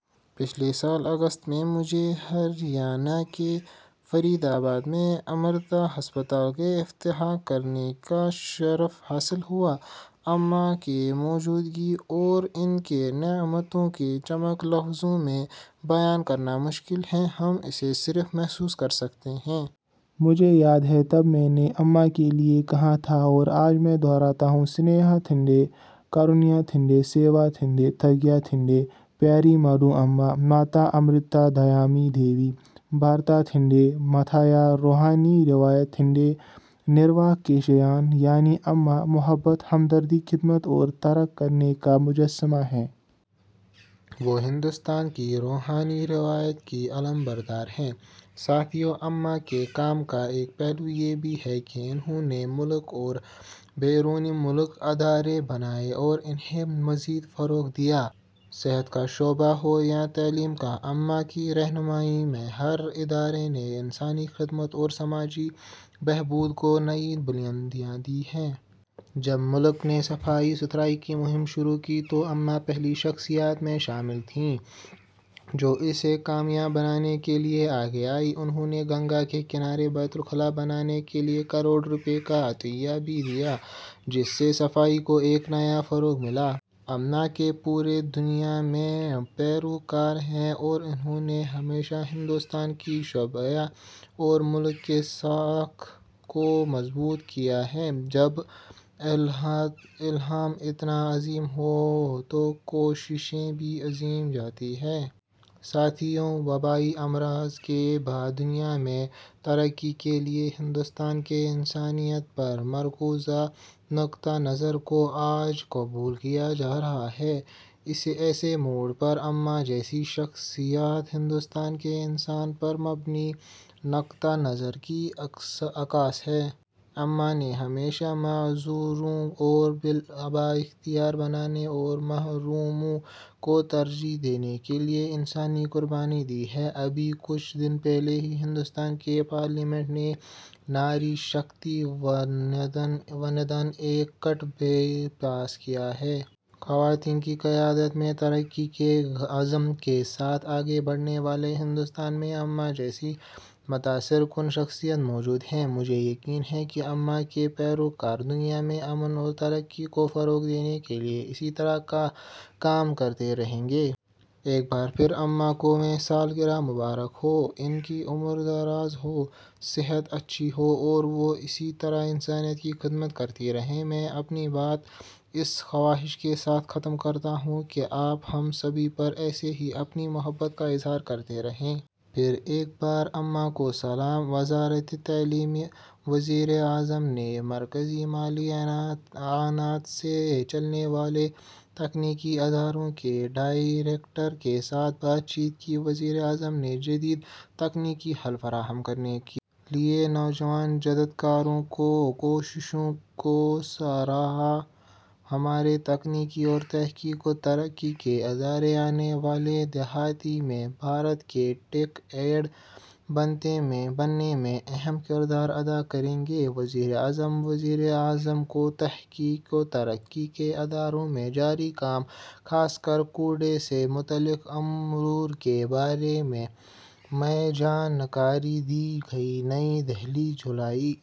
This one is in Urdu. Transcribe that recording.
پچھلے سال اگست میں، مجھے ہریانہ کے فرید آباد، میں امرتا ہسپتال کا افتتاح کرنے کا شرف حاصل ہوا۔ امّاں کی موجودگی اور ان کی نعمتوں کی چمک لفظوں میں بیان کرنا مشکل ہے، ہم اسے صرف محسوس کر سکتے ہیں۔ مجھے یاد ہے تب میں نے امّاں کے لیے کہا تھا، اور آج میں دہراتا ہوں، سنیہ تِنڈے، کرونیاتِنڈے، سات تِنڈے، تیاگا تِنڈےپرایائے ماڑ اماں ، ماتا امرتانندمئی دیوی، بھار-تنڈے مہاتایا، روحانی روایت-تنڈے، نروا کاشیان، یعنی امّاں، محبت، ہمدردی، خدمت اور ترک کرنے کا مجسمہ ہیں۔ وہ ہندوستان کی روحانی روایت کی علمبردار ہیں۔ ساتھیو، اماں کے کام کا ایک پہلو یہ بھی ہے کہ انہوں نے ملک اور بیرون ملک ادارے بنائے اور انہیں مزید فروغ دیا۔ صحت کا شعبہ ہو یا تعلیم کا، اماں کی رہنمائی میں ہر ادارے نے انسانی خدمت اور سماجی بہبود کو نئی بلندیاں دیں۔ جب ملک نے صفائی ستھرائی کی مہم شروع کی تو امّاں پہلی شخصیات میں شامل تھیں جو اسے کامیاب بنانے کے لیے آگے آئیں۔ انہوں نے گنگا کے کنارے بیت الخلا بنانے کے لیے کروڑ روپے کا عطیہ بھی دیا، جس سے صفائی کو ایک نیا فروغ ملا۔ اماں کے پوری دنیا میں پیروکار ہیں اور انہوں نے ہمیشہ ہندوستان کی شبیہ اور ملک کی ساکھ کو مضبوط کیا ہے۔ جب الہام اتنا عظیم ہو تو کوششیں بھی عظیم ہو جاتی ہیں۔ ساتھیو، وبائی امراض کے بعد کی دنیا میں، ترقی کے لیے ہندوستان کے انسانیت پر مرکوز نقطہ نظر کو آج قبول کیا جا رہا ہے۔ ایسے موڑ پر، امّاں جیسی شخصیات ہندوستان کے انسان پر مبنی نقطہ نظر کی عکاس ہیں۔ اماں نے ہمیشہ معذوروں کو بااختیار بنانے اور محروموں کو ترجیح دینے کے لیے انسانی قربانی دی ہے۔ ابھی کچھ دن پہلے ہی ہندوستان کی پارلیمنٹ نے ناری شکتی وندن ایکٹ بھی پاس کیا ہے۔ خواتین کی قیادت میں ترقی کے عزم کے ساتھ آگے بڑھنے والے ہندوستان میں اماں جیسی متاثر کن شخصیت موجود ہے۔ مجھے یقین ہے کہ اماں کے پیروکار دنیا میں امن اور ترقی کو فروغ دینے کے لیے اسی طرح کا کام کرتے رہیں گے۔ ایک بار پھر، امّاں کو ویں سالگرہ مبارک ہو۔ ان کی عمر دراز ہو، صحت اچھی ہو، وہ اسی طرح انسانیت کی خدمت کرتی رہیں۔ میں اپنی بات اس خواہش کے ساتھ ختم کرتا ہوں کہ آپ ہم سبھی پر ایسے ہی اپنی محبت کا اظہار کرتی رہیں۔ پھر ایک بار. اماں کو سلام. وزارتِ تعلیم وزیر اعظم نےمرکزی مالی اعانت سے چلنے والےتکنیکی اداروں کے ڈائریکٹرز کے ساتھ بات چیت کی وزیر اعظم نے جدید تکنیکی حل فراہم کرنے کے لئے نوجوان جدت کاروں کی کوششوں کو سراہا ہمارےتکنیکی اور تحقیق و ترقی کے ادارے آنے والی دہائی میں'بھارت کے ٹیک ایڈ' بننے میں اہم کردار ادا کریں گے: وزیر اعظم وزیر اعظم کوتحقیق و ترقی کے اداروں میں جاری کام ،خاص کر کووڈ سے متعلق امورکے بارے میںجانکاری دی گئی نئی دہلی: ؍ جولائی،۔